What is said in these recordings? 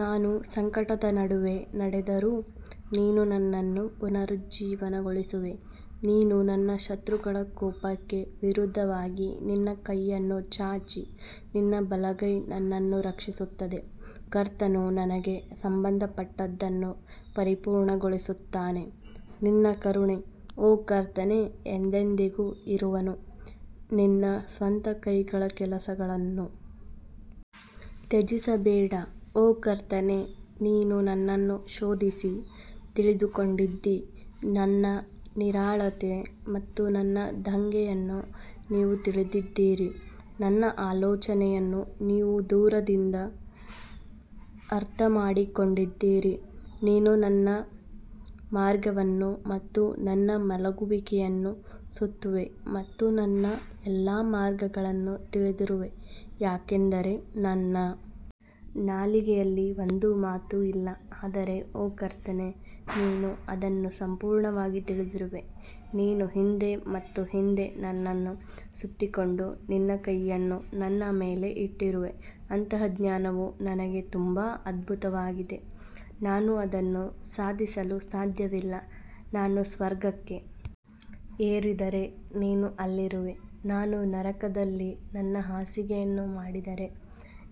ನಾನು ಸಂಕಟದ ನಡುವೆ ನಡೆದರೂ ನೀನು ನನ್ನನ್ನು ಪುನರುಜ್ಜೀವನಗೊಳಿಸುವೆ ನೀನು ನನ್ನ ಶತ್ರುಗಳ ಕೋಪಕ್ಕೆ ವಿರುದ್ಧವಾಗಿ ನಿನ್ನ ಕೈಯನ್ನು ಚಾಚಿ ನಿನ್ನ ಬಲಗೈ ನನ್ನನ್ನು ರಕ್ಷಿಸುತ್ತದೆ ಕರ್ತನು ನನಗೆ ಸಂಬಂಧಪಟ್ಟದ್ದನ್ನು ಪರಿಪೂರ್ಣಗೊಳಿಸುತ್ತಾನೆ ನಿನ್ನ ಕರುಣೆ ಓ ಕರ್ತನೇ ಎಂದೆಂದಿಗೂ ಇರುವನು ನಿನ್ನ ಸ್ವಂತ ಕೈಗಳ ಕೆಲಸಗಳನ್ನು ತ್ಯಜಿಸಬೇಡ ಓ ಕರ್ತನೇ ನೀನು ನನ್ನನ್ನು ಶೋಧಿಸಿ ತಿಳಿದುಕೊಂಡಿದ್ದೀ ನನ್ನ ನಿರಾಳತೆ ಮತ್ತು ನನ್ನ ದಂಗೆಯನ್ನು ನೀವು ತಿಳಿದಿದ್ದೀರಿ, ನನ್ನ ಆಲೋಚನೆಯನ್ನು ನೀವು ದೂರದಿಂದ ಅರ್ಥಮಾಡಿಕೊಂಡಿದ್ದೀರಿ ನೀನು ನನ್ನ ಮಾರ್ಗವನ್ನು ಮತ್ತು ನನ್ನ ಮಲಗುವಿಕೆಯನ್ನು ಸುತ್ತುವೆ ಮತ್ತು ನನ್ನ ಎಲ್ಲಾ ಮಾರ್ಗಗಳನ್ನು ತಿಳಿದಿರುವೆ ಯಾಕಂದರೆ ನನ್ನ ನಾಲಿಗೆಯಲ್ಲಿ ಒಂದು ಮಾತು ಇಲ್ಲ ಆದರೆ ಓ ಕರ್ತನೇ ನೀನು ಅದನ್ನು ಸಂಪೂರ್ಣವಾಗಿ ತಿಳಿದಿರುವೆ ನೀನು ಹಿಂದೆ ಮತ್ತು ಹಿಂದೆ ನನ್ನನ್ನು ಸುತ್ತಿಕೊಂಡು ನಿನ್ನ ಕೈಯನ್ನು ನನ್ನ ಮೇಲೆ ಇಟ್ಟಿರುವೆ ಅಂತಹ ಜ್ಞಾನವು ನನಗೆ ತುಂಬಾ ಅದ್ಭುತವಾಗಿದೆ, ನಾನು ಅದನ್ನು ಸಾಧಿಸಲು ಸಾಧ್ಯವಿಲ್ಲ ನಾನು ಸ್ವರ್ಗಕ್ಕೆ ಏರಿದರೆ ನೀನು ಅಲ್ಲಿರುವೆ ನಾನು ನರಕದಲ್ಲಿ ನನ್ನ ಹಾಸಿಗೆಯನ್ನು ಮಾಡಿದರೆ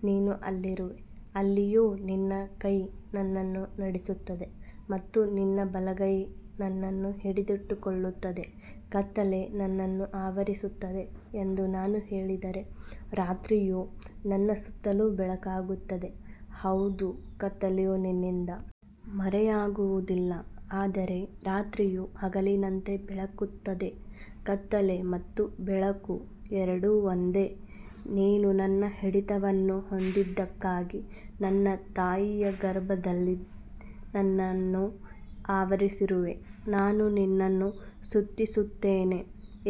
ನೀನು ಅಲ್ಲಿರುವೆ ಅಲ್ಲಿಯೂ ನಿನ್ನ ಕೈ ನನ್ನನ್ನು ನಡೆಸುತ್ತದೆ ಮತ್ತು ನಿನ್ನ ಬಲಗೈ ನನ್ನನ್ನು ಹಿಡಿದಿಟ್ಟುಕೊಳ್ಳುತ್ತದೆ ಕತ್ತಲೆ ನನ್ನನ್ನು ಆವರಿಸುತ್ತದೆ ಎಂದು ನಾನು ಹೇಳಿದರೆ ರಾತ್ರಿಯೂ ನನ್ನ ಸುತ್ತಲೂ ಬೆಳಕಾಗುತ್ತದೆ ಹೌದು ಕತ್ತಲೆಯು ನಿನ್ನಿಂದ ಮರೆಯಾಗುವುದಿಲ್ಲ ಆದರೆ ರಾತ್ರಿಯು ಹಗಲಿನಂತೆ ಬೆಳಗುತ್ತದೆ ಕತ್ತಲೆ ಮತ್ತು ಬೆಳಕು ಎರಡೂ ಒಂದೇ ನೀನು ನನ್ನ ಹಿಡಿತವನ್ನು ಹೊಂದಿದ್ದಕ್ಕಾಗಿ ನನ್ನ ತಾಯಿಯ ಗರ್ಭದಲ್ಲಿ ನನ್ನನ್ನು ಆವರಿಸಿರುವೆ ನಾನು ನಿನ್ನನ್ನು ಸ್ತುತಿಸುತ್ತೇನೆ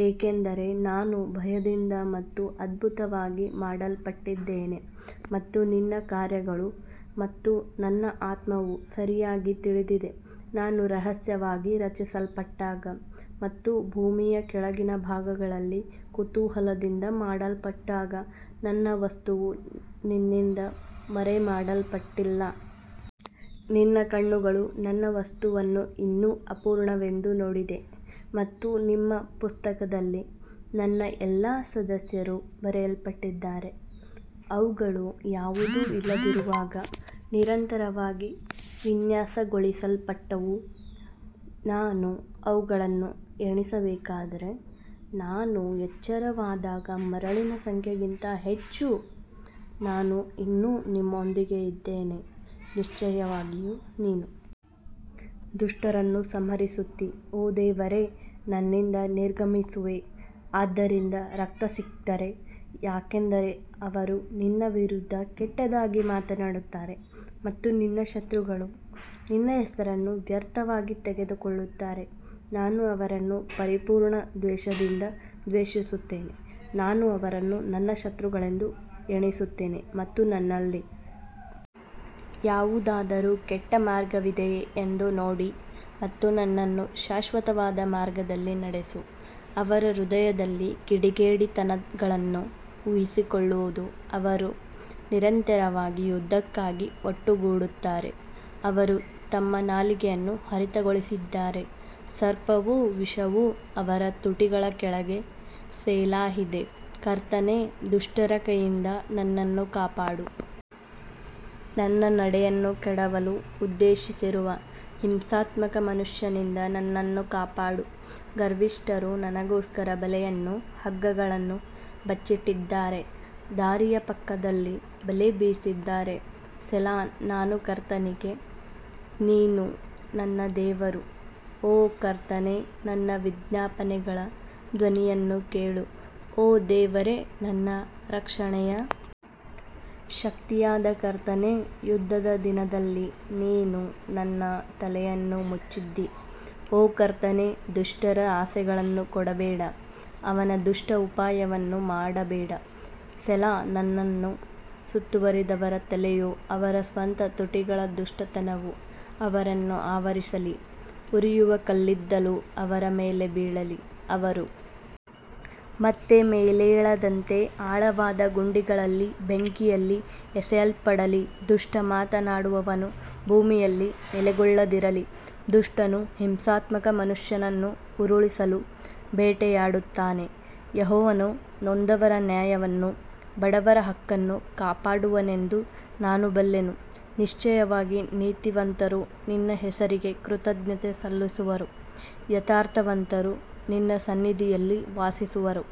ಏಕೆಂದರೆ ನಾನು ಭಯದಿಂದ ಮತ್ತು ಅದ್ಭುತವಾಗಿ ಮಾಡಲ್ಪಟ್ಟಿದ್ದೇನೆ ಮತ್ತು ನಿನ್ನ ಕಾರ್ಯಗಳು ಮತ್ತು ನನ್ನ ಆತ್ಮವು ಸರಿಯಾಗಿ ತಿಳಿದಿದೆ ನಾನು ರಹಸ್ಯವಾಗಿ ರಚಿಸಲ್ಪಟ್ಟಾಗ ಮತ್ತು ಭೂಮಿಯ ಕೆಳಗಿನ ಭಾಗಗಳಲ್ಲಿ ಕುತೂಹಲದಿಂದ ಮಾಡಲ್ಪಟ್ಟಾಗ ನನ್ನ ವಸ್ತುವು ನಿನ್ನಿಂದ ಮರೆಮಾಡಲ್ಪಟ್ಟಿಲ್ಲ. ನಿನ್ನ ಕಣ್ಣುಗಳು ನನ್ನ ವಸ್ತುವನ್ನು ಇನ್ನೂ ಅಪೂರ್ಣವೆಂದು ನೋಡಿದೆ ಮತ್ತು ನಿಮ್ಮ ಪುಸ್ತಕದಲ್ಲಿ ನನ್ನ ಎಲ್ಲಾ ಸದಸ್ಯರು ಬರೆಯಲ್ಪಟ್ಟಿದ್ದಾರೆ, ಅವುಗಳು ಯಾವುದೂ ಇಲ್ಲದಿರುವಾಗ ನಿರಂತರವಾಗಿ ವಿನ್ಯಾಸಗೊಳಿಸಲ್ಪಟ್ಟವು. ನಾನು ಅವುಗಳನ್ನು ಎಣಿಸಬೇಕಾದರೆ, ನಾನು ಎಚ್ಚರವಾದಾಗ ಮರಳಿನ ಸಂಖ್ಯೆಗಿಂತ ಹೆಚ್ಚು, ನಾನು ಇನ್ನೂ ನಿಮ್ಮೊಂದಿಗೆ ಇದ್ದೇನೆ ನಿಶ್ಚಯವಾಗಿಯೂ ನೀನು ದುಷ್ಟರನ್ನು ಸಂಹರಿಸುತ್ತೀ ಓ ದೇವರೇ ನನ್ನಿಂದ ನಿರ್ಗಮಿಸುವೆ ಆದ್ದರಿಂದ ರಕ್ತಸಿಕ್ತರೇ ಯಾಕಂದರೆ ಅವರು ನಿನ್ನ ವಿರುದ್ಧ ಕೆಟ್ಟದಾಗಿ ಮಾತನಾಡುತ್ತಾರೆ ಮತ್ತು ನಿನ್ನ ಶತ್ರುಗಳು ನಿನ್ನ ಹೆಸರನ್ನು ವ್ಯರ್ಥವಾಗಿ ತೆಗೆದುಕೊಳ್ಳುತ್ತಾರೆ ನಾನು ಅವರನ್ನು ಪರಿಪೂರ್ಣ ದ್ವೇಷದಿಂದ ದ್ವೇಷಿಸುತ್ತೇನೆ ನಾನು ಅವರನ್ನು ನನ್ನ ಶತ್ರುಗಳೆಂದು ಎಣಿಸುತ್ತೇನೆ ಮತ್ತು ನನ್ನಲ್ಲಿ ಯಾವುದಾದರೂ ಕೆಟ್ಟ ಮಾರ್ಗವಿದೆಯೇ ಎಂದು ನೋಡಿ ಮತ್ತು ನನ್ನನ್ನು ಶಾಶ್ವತವಾದ ಮಾರ್ಗದಲ್ಲಿ ನಡೆಸು ಅವರ ಹೃದಯದಲ್ಲಿ ಕಿಡಿಗೇಡಿತನಗಳನ್ನು ಊಹಿಸಿಕೊಳ್ಳುವುದು ಅವರು ನಿರಂತರವಾಗಿ ಯುದ್ಧಕ್ಕಾಗಿ ಒಟ್ಟುಗೂಡುತ್ತಾರೆ ಅವರು ತಮ್ಮ ನಾಲಿಗೆಯನ್ನು ಹರಿತಗೊಳಿಸಿದ್ದಾರೆ ಸರ್ಪವು ವಿಷವು ಅವರ ತುಟಿಗಳ ಕೆಳಗೆ ಸೆಲಾಹಿದೆ ಕರ್ತನೇ, ದುಷ್ಟರ ಕೈಯಿಂದ ನನ್ನನ್ನು ಕಾಪಾಡು, ನನ್ನ ನಡೆಯನ್ನು ಕೆಡವಲು ಉದ್ದೇಶಿಸಿರುವ ಹಿಂಸಾತ್ಮಕ ಮನುಷ್ಯನಿಂದ ನನ್ನನ್ನು ಕಾಪಾಡು ಗರ್ವಿಷ್ಠರು ನನಗೋಸ್ಕರ ಬಲೆಯನ್ನೂ ಹಗ್ಗಗಳನ್ನೂ ಬಚ್ಚಿಟ್ಟಿದ್ದಾರೆ ದಾರಿಯ ಪಕ್ಕದಲ್ಲಿ ಬಲೆ ಬೀಸಿದ್ದಾರೆ ಸೆಲಾ ನಾನು ಕರ್ತನಿಗೆ ನೀನು ನನ್ನ ದೇವರು, ಓ ಕರ್ತನೇ ನನ್ನ ವಿಜ್ಞಾಪನೆಗಳ ಧ್ವನಿಯನ್ನು ಕೇಳು ಓ ದೇವರೇ, ನನ್ನ ರಕ್ಷಣೆಯ ಶಕ್ತಿಯಾದ ಕರ್ತನೇ, ಯುದ್ಧದ ದಿನದಲ್ಲಿ ನೀನು ನನ್ನ ತಲೆಯನ್ನು ಮುಚ್ಚಿದ್ದೀ ಓ ಕರ್ತನೇ ದುಷ್ಟರ ಆಸೆಗಳನ್ನು ಕೊಡಬೇಡ ಅವನ ದುಷ್ಟ ಉಪಾಯವನ್ನು ಮಾಡಬೇಡ ಸೆಲಾ ನನ್ನನ್ನು ಸುತ್ತುವರಿದವರ ತಲೆಯು ಅವರ ಸ್ವಂತ ತುಟಿಗಳ ದುಷ್ಟತನವು ಅವರನ್ನು ಆವರಿಸಲಿ ಉರಿಯುವ ಕಲ್ಲಿದ್ದಲು ಅವರ ಮೇಲೆ ಬೀಳಲಿ, ಅವರು ಮತ್ತೆ ಮೇಲೇಳದಂತೆ ಆಳವಾದ ಗುಂಡಿಗಳಲ್ಲಿ ಬೆಂಕಿಯಲ್ಲಿ ಎಸೆಯಲ್ಪಡಲಿ ದುಷ್ಟ ಮಾತನಾಡುವವನು ಭೂಮಿಯಲ್ಲಿ ನೆಲೆಗೊಳ್ಳದಿರಲಿ, ದುಷ್ಟನು ಹಿಂಸಾತ್ಮಕ ಮನುಷ್ಯನನ್ನು ಉರುಳಿಸಲು ಬೇಟೆಯಾಡುತ್ತಾನೆ ಯೆಹೋವನು ನೊಂದವರ ನ್ಯಾಯವನ್ನೂ ಬಡವರ ಹಕ್ಕನ್ನೂ ಕಾಪಾಡುವನೆಂದು ನಾನು ಬಲ್ಲೆನು ನಿಶ್ಚಯವಾಗಿ ನೀತಿವಂತರು ನಿನ್ನ ಹೆಸರಿಗೆ ಕೃತಜ್ಞತೆ ಸಲ್ಲಿಸುವರು ಯಥಾರ್ಥವಂತರು ನಿನ್ನ ಸನ್ನಿಧಿಯಲ್ಲಿ ವಾಸಿಸುವರು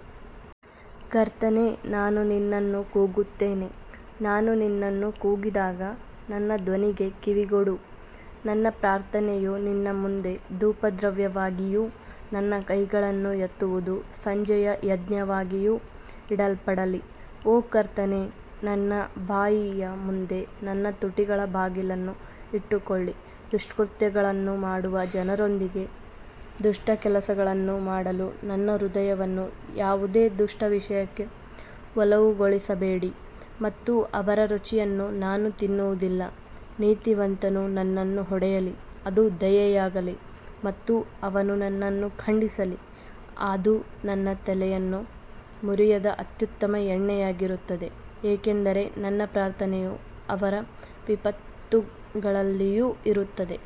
ಕರ್ತನೇ, ನಾನು ನಿನ್ನನ್ನು ಕೂಗುತ್ತೇನೆ, ನಾನು ನಿನ್ನನ್ನು ಕೂಗಿದಾಗ ನನ್ನ ಧ್ವನಿಗೆ ಕಿವಿಗೊಡು ನನ್ನ ಪ್ರಾರ್ಥನೆಯು ನಿನ್ನ ಮುಂದೆ ಧೂಪದ್ರವ್ಯವಾಗಿಯೂ ನನ್ನ ಕೈಗಳನ್ನು ಎತ್ತುವುದು ಸಂಜೆಯ ಯಜ್ಞವಾಗಿಯೂ ಇಡಲ್ಪಡಲಿ ಓ ಕರ್ತನೇ, ನನ್ನ ಬಾಯಿಯ ಮುಂದೆ ನನ್ನ ತುಟಿಗಳ ಬಾಗಿಲನ್ನು ಇಟ್ಟುಕೊಳ್ಳಿ ದುಷ್ಕೃತ್ಯಗಳನ್ನು ಮಾಡುವ ಜನರೊಂದಿಗೆ ದುಷ್ಟ ಕೆಲಸಗಳನ್ನು ಮಾಡಲು ನನ್ನ ಹೃದಯವನ್ನು ಯಾವುದೇ ದುಷ್ಟ ವಿಷಯಕ್ಕೆ ಒಲವುಗೊಳಿಸಬೇಡಿ ಮತ್ತು ಅವರ ರುಚಿಯನ್ನು ನಾನು ತಿನ್ನುವುದಿಲ್ಲ ನೀತಿವಂತನು ನನ್ನನ್ನು ಹೊಡೆಯಲಿ ಅದು ದಯೆಯಾಗಲಿ ಮತ್ತು ಅವನು ನನ್ನನ್ನು ಖಂಡಿಸಲಿ ಅದು ನನ್ನ ತಲೆಯನ್ನು ಮುರಿಯದ ಅತ್ಯುತ್ತಮ ಎಣ್ಣೆಯಾಗಿರುತ್ತದೆ ಏಕೆಂದರೆ ನನ್ನ ಪ್ರಾರ್ಥನೆಯು ಅವರ ವಿಪತ್ತುಗಳಲ್ಲಿಯೂ ಇರುತ್ತದೆ.